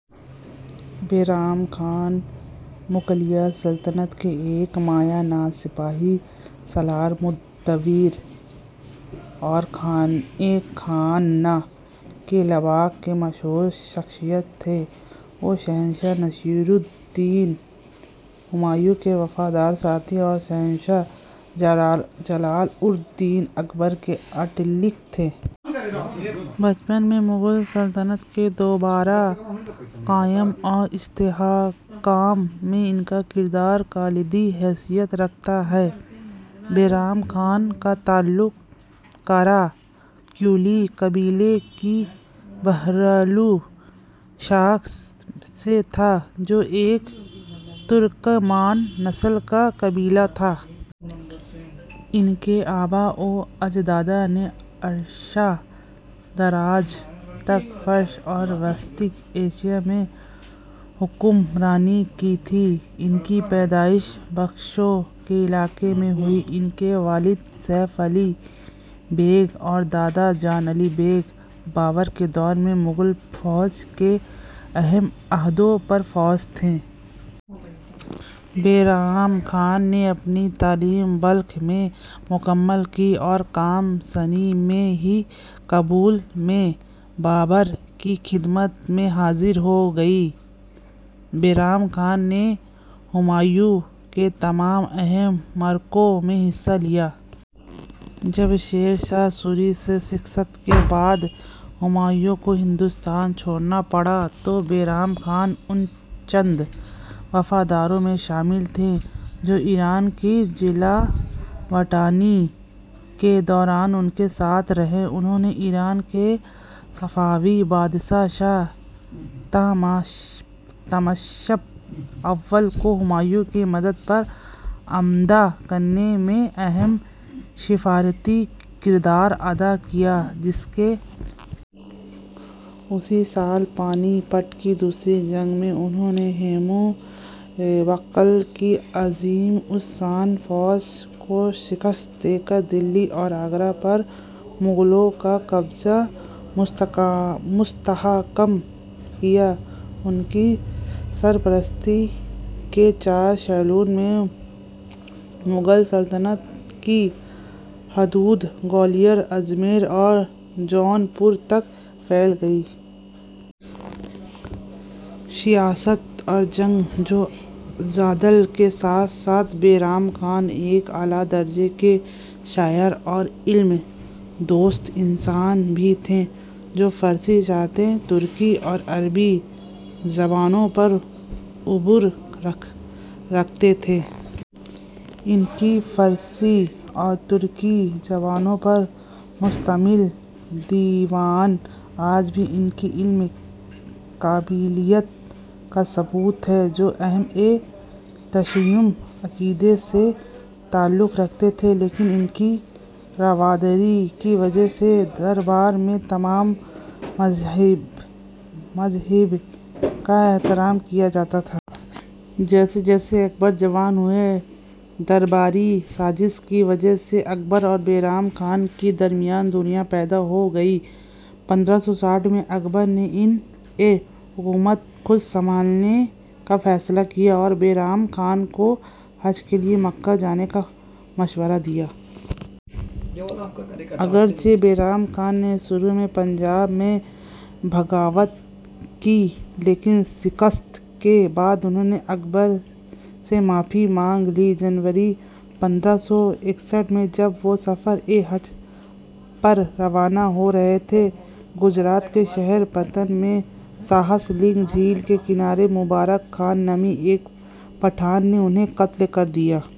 بیرم خان مغلیہ سلطنت کے ایک مایہ ناز سپہ سالار ، مدبر اور خانِ خاناں کے لقب سے مشہور شخصیت تھے۔ وہ شہنشاہ نصیر الدین ہمایوں کے وفادار ساتھی اور شہنشاہ جلال الدین اکبر کے اتالیق تھے۔ برصغیر میں مغل سلطنت کے دوبارہ قیام اور استحکام میں ان کا کردار کلیدی حیثیت رکھتا ہے۔ بیرم خان کا تعلق قرا قویونلو قبیلے کی بہارلو شاخ سے تھا، جو ایک ترکمان نسل کا قبیلہ تھا۔ ان کے آبا و اجداد نے عرصہ دراز تک فارس اور وسطی ایشیا میں حکمرانی کی تھی۔ ان کی پیدائش بدخشان کے علاقے میں ہوئی۔ ان کے والد سیف علی بیگ اور دادا جان علی بیگ بابر کے دور میں مغل فوج کے اہم عہدوں پر فائز تھے۔ بیرم خان نے اپنی تعلیم بلخ میں مکمل کی اور کم سنی میں ہی کابل میں بابر کی خدمت میں حاضر ہو گئے۔ بیرم خان نے ہمایوں کے تمام اہم معرکوں میں حصہ لیا۔ جب شیر شاہ سوری سے شکست کے بعد ہمایوں کو ہندوستان چھوڑنا پڑا، تو بیرم خان ان چند وفاداروں میں شامل تھے جو ایران کی جلاوطنی کے دوران ان کے ساتھ رہے۔ انھوں نے ایران کے صفوی بادشاہ شاہ طہماسپ اول کو ہمایوں کی مدد پر آمادہ کرنے میں اہم سفارتی کردار ادا کیا، جس کے نتیجے میں مغلوں کو قندھار اور کابل دوبارہ حاصل کرنے میں مدد ملی۔ اسی سال پانی پت کی دوسری جنگ میں انھوں نے ہیمو بقال کی عظیم الشان فوج کو شکست دے کر دہلی اور آگرہ پر مغلوں کا قبضہ مستحکم کیا۔ ان کی سرپرستی کے چار سالوں میں مغل سلطنت کی حدود گوالیار ، اجمیر اور جون پور تک پھیل گئیں۔ سیاست اور جنگ و جدل کے ساتھ ساتھ بیرم خان ایک اعلیٰ درجے کے شاعر اور علم دوست انسان بھی تھے۔ وہ فارسی ، چغتائی ترکی اور عربی زبانوں پر عبور رکھتے تھے۔ ان کا فارسی اور ترکی زبانوں پر مشتمل دیوان آج بھی ان کی علمی قابلیت کا ثبوت ہے۔ وہ اہل تشیع عقیدے سے تعلق رکھتے تھے لیکن ان کی رواداری کی وجہ سے دربار میں تمام مذاہب کا احترام کیا جاتا تھا۔ جیسے جیسے اکبر جوان ہوا، درباری سازشوں کی وجہ سے اکبر اور بیرم خان کے درمیان دوریاں پیدا ہو گئیں۔ ء میں اکبر نے عنانِ حکومت خود سنبھالنے کا فیصلہ کیا اور بیرم خان کو حج کے لیے مکہ جانے کا مشورہ دیا۔ اگرچہ بیرم خان نے شروع میں پنجاب میں بغاوت کی، لیکن شکست کے بعد انھوں نے اکبر سے معافی مانگ لی۔ جنوری ء کو جب وہ سفرِ حج پر روانہ ہو رہے تھے، گجرات کے شہر پٹن میں "سہسہ لنگ" جھیل کے کنارے مبارک خان نامی ایک پٹھان نے انھیں قتل کر دیا۔